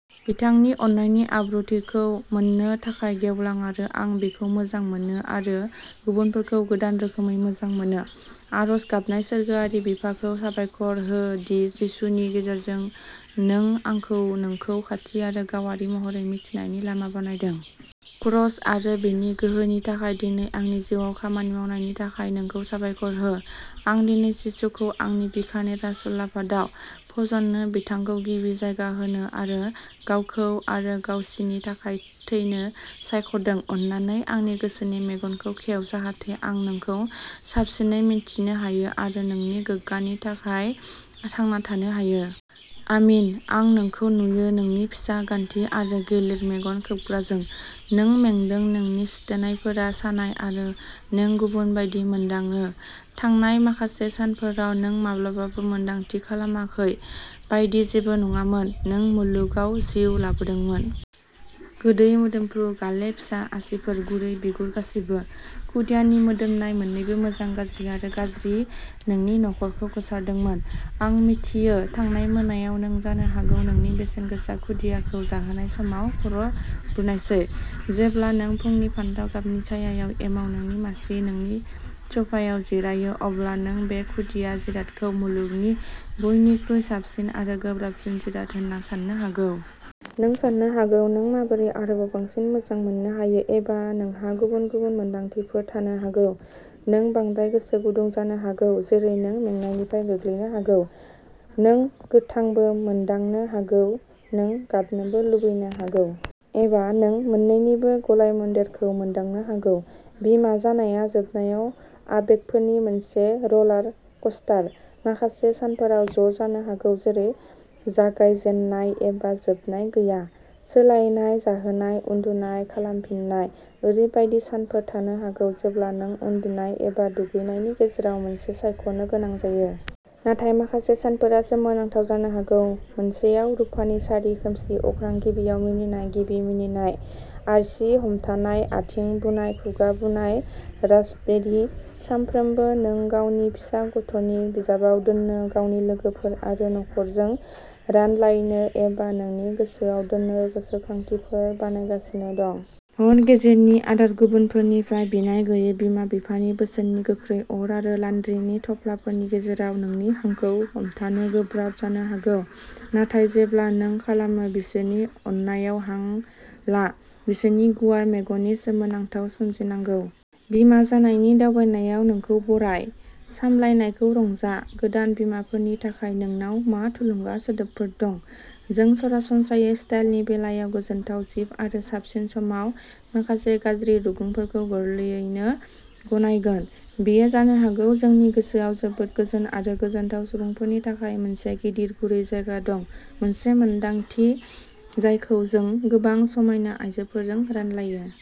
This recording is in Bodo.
बिथांनि अननायनि आबुंथिखौ मोन्नो थाखाय गेवलां आरो आं बिखौ मोजां मोनो आरो गुबुनफोरखौ गोदान रोखोमै मोजां मोनो। आरज गाबनाय सोरगोआरि बिफाखौ साबायखर हो दि जिसुनि गेजेरजों नों आंखौ नोंखौ खाथि आरो गावारि महरै मिथिनायनि लामा बानायदों। क्रस आरो बेनि गोहोनि थाखाय दिनै आंनि जिउआव खामानि मावनायनि थाखाय नोंखौ साबायखर हो। आं दिनै जिसुखौ आंनि बिखानि राजउलाफादाव फज'नो बिथांखौ गिबि जायगा होनो आरो गावखौ आरो गावसिनि थाखाय थैनो सायख'दों अन्नानै आंनि गोसोनि मेगनखौ खेव जाहाथे आं नोंखौ साबसिनै मिन्थिनो हायो आरो नोंनि गोग्गानि थाखाय थांना थानो हायो। आमीन आं नोंखौ नुयो नोंनि फिसा गान्थि आरो गिलिर मेगन खोबग्राजों। नों मेंदों नोंनि सुथेनायफोरा सानाय आरो नों गुबुन बायदि मोनदाङो। थांनाय माखासे सानफोरा नों माब्लाबाबो मोन्दांथि खालामै बायदि जेबो नङामोन। नों मुलुगाव जिउ लाबोदोंमोन। गोदै मोदोमफ्रु गाले फिसा आसिफोर गुरै बिगुर गासैबो। खुदियानि मोदोमनाय मोन्नैबो मोजां गाज्रि आरो गाज्रि नोंनि न'खरखौ गोसारहोदोंमोन। आं मिथियो थांनाय मोनायाव नों जानो हागौ नोंनि बेसेनगोसा खुदियाखौ जाहोनाय समाव खर'बुनायसै। जेब्ला नों फुंनि फान्थाव गाबनि सायायाव एमाव नोंनि मासि नोंनि सोफायाव जिरायो अब्ला नों बे खुदिया जिरादखौ मुलुगनि बयनिख्रुइ साबसिन आरो गोब्राबसिन जिराद होनना साननो हागौ। नों साननो हागौ नों माबोरै आरोबाव बांसिन मोजां मोननो हायो एबा नोंहा गुबुन गुबुन मोनदांथिफोर थानो हागौ। नों बांद्राय गोसो गुदुं जानो हागौ जेरै नों मेंनायनिफ्राय गोग्लैनो हागौ। नों गोथांबो मोनदांनो हागौ। नों गाबनोबो लुबैनो हागौ। एबा नों मोन्नैनिबो गलायमोन्देरखौ मोनदांनो हागौ। बिमा जानाया जोबनायाव आबेगफोरनि मोनसे र'लार कस्टार। माखासे सानफोरा ज'जानो हागौ जेरै जागाय जेननाय एबा जोबनाय गैया। सोलायनाय जाहोनाय उन्दुनाय, खालामफिननाय। ओरैबायदि सानफोर थानो हागौ जेब्ला नों उन्दुनाय एबा दुगैनायनि गेजेराव मोनसे सायख'नो गोनां जायो। नाथाय, माखासे सानफोरा सोमोनांथाव जानो हागौ मोनसेआव रुफानि सारि खोमसि अख्रां गिबियाव मिनिनाय गिबि मिनिनाय आसि हमथानाय आथिं बुनाय खुगा बुनाय रास्पबेरी। सानफ्रोमबो नों गावनि फिसा गथ'नि बिजाबाव दोन्नो गावनि लोगोफोर आरो नखरजों रानलायनो एबा नोंनि गोसोआव दोननो गोसोखांथिफोर बानायगासिनो दं। हर गेजेरनि आदार गुबुनफोरनिफ्राय बिनाय गैयै बिमा बिफानि बोसोननि गोख्रै अर आरो लान्ड्रीनि थफ्लाफोरनि गेजेराव नोंनि हांखौ हमथानो गोब्राब जानो हागौ। नाथाय जेब्ला नों खालामो बिसोरनि अननायाव हां ला। बिसोरनि गुवार मेगननि सोमोनांथावाव सोमजिनांगौ। बिमा जानायनि दावबायनायाव नोंखौ बराय। सालायनायखौ रंजा। गोदान बिमाफोरनि थाखाय नोंनाव मा थुलुंगा सोदोबफोर दं? जों सरासनस्रायै स्टाइलनि बेलायाव गोजोनथाव जिब आरो साबसिन समाव माखासे गाज्रि रुगुंफोरखौ गोरलैयैनो गनायगोन। बेयो जानो हागौ जोंनि गोसोआव जोबोद गोजोन आरो गोजोनथाव सुबुंफोरनि थाखाय मोनसे गिदिर गुरै जायगा दं, मोनसे मोनदांथि जायखौ जों गोबां समायना आइजोफोरजों रानलायो।